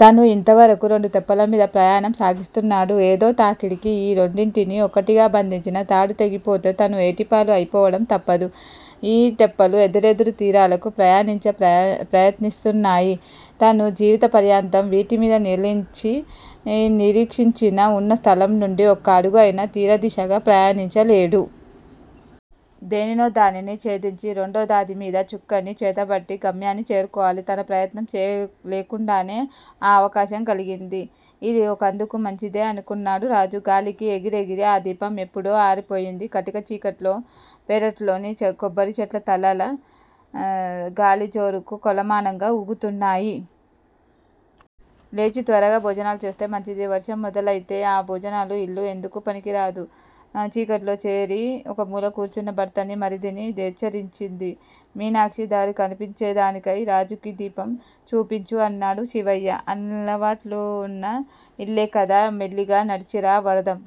తను ఇంతవరకు రెండు తెప్పలమీద ప్రయాణం సాగిస్తున్నాడు. ఏదో తాకిడికి ఈ రెండింటిని ఒకటిగా బంధించిన తాడు తెగిపోతే తను ఏటిపాలు అయిపోవడం తప్పదు. ఈ తెప్పలు ఎదురెదురు తీరాలకి ప్రయాణించ ప్రయత్నిస్తున్నాయి. తను జీవిత పర్యంతం వీటిమీద నిలచి నిరీక్షించినా ఉన్న స్థలంనుండి ఒక అడుగు అయినా తీరదిశగా ప్రయాణించలేడు. దేనినో దానిని ఛేదించి రెండో దానిమీద చుక్కాని చేతబట్టి గమ్యాన్ని చేరుకోవాలి. తన ప్రయత్నం లేకుండానే ఆ అవకాశం కలిగింది. ఇదీ ఒకందుకు మంచిదే అనుకొన్నాడు రాజు. గాలికి ఎగిరి ఎగిరి ఆ దీపం ఎప్పుడో ఆరిపోయింది. కటిక చీకట్లో పెరట్లోని కొబ్బరిచెట్ల తలలు గాలి జోరుకి కొలమానంగా ఊగుతున్నాయి. లేచి త్వరగా భోజనాలుచేస్తే మంచిది. వర్షం మొదలయితే ఆ భోజనాల ఇల్లు ఎందుకూ పనికిరాదు. చీకటిలో చెరి ఒకమూల కూర్చున్న భర్తని, మరిదిని హెచ్చరించింది మీనాక్షి. దారి కనిపించేందుకైనా రాజుకి దీపం చూపించు అన్నాడు శివయ్య. అలవాటున్న ఇల్లే కదా! మెల్లిగా నడిచి రా, వరదం!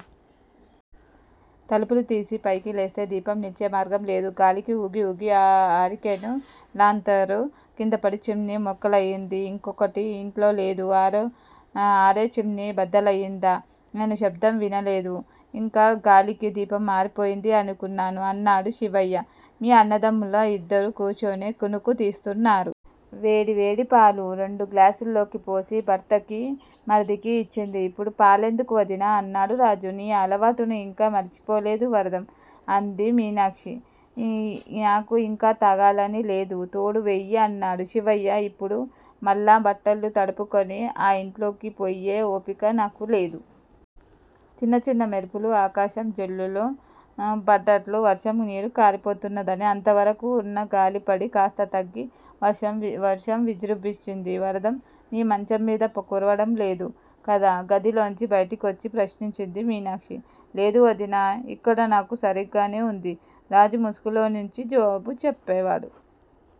తలుపు తీసి పైకి తెస్తే దీపం నిలిచే మార్గంలేదు. గాలికి ఊగిఊగి ఆ హరికేన్ లాంతరు కిందపడి చిమ్నీ ముక్కలయింది. ఇంకొకటి ఇంట్లో లేదు. అరే, చిమ్నీ బద్దలయిందా? నేను శబ్దం విననేలేదు, ఇంకా గాలికి దీపం ఆరిపోయింది అనుకొన్నాను అన్నాడు శివయ్య. మీ అన్నదమ్ములు ఇద్దరూ కూర్చునే కునుకు తీస్తున్నారు. వేడివేడి పాలు రెండు గ్లాసుల్లోపోసి భర్తకి, మరిదికి ఇచ్చింది. ఇప్పుడు పాలెందుకు, వదినా? అన్నాడు రాజు. నీ అలవాటుని ఇంకా మరిచిపోలేదు, వరదం! అంది మీనాక్షి. నాకు తాగాలనిలేదు. తోడువెయ్యి అన్నాడు శివయ్య. ఇప్పుడు మళ్ళా బట్టలు తడుపుకొని ఆ ఇంట్లోకి పోయే ఓపిక నాకులేదు. చిన్న చిన్న మెరుపులు. ఆకాశం చిల్లులు పడ్డట్లు వర్షం నీరుకారిపోతున్నది. అంతవరకు ఉన్న గాలిపడి కాస్త తగ్గి వర్షం విజృంభించింది. వరదం, నీ మంచంమీద కురవడంలేదు కదా? గదిలోంచి బయటికి వచ్చి ప్రశ్నించింది మీనాక్షి. లేదు వదినా, ఇక్కడ నాకు సరిగానే వుంది. రాజు ముసుగులోనించి జవాబు చెప్పేవాడు.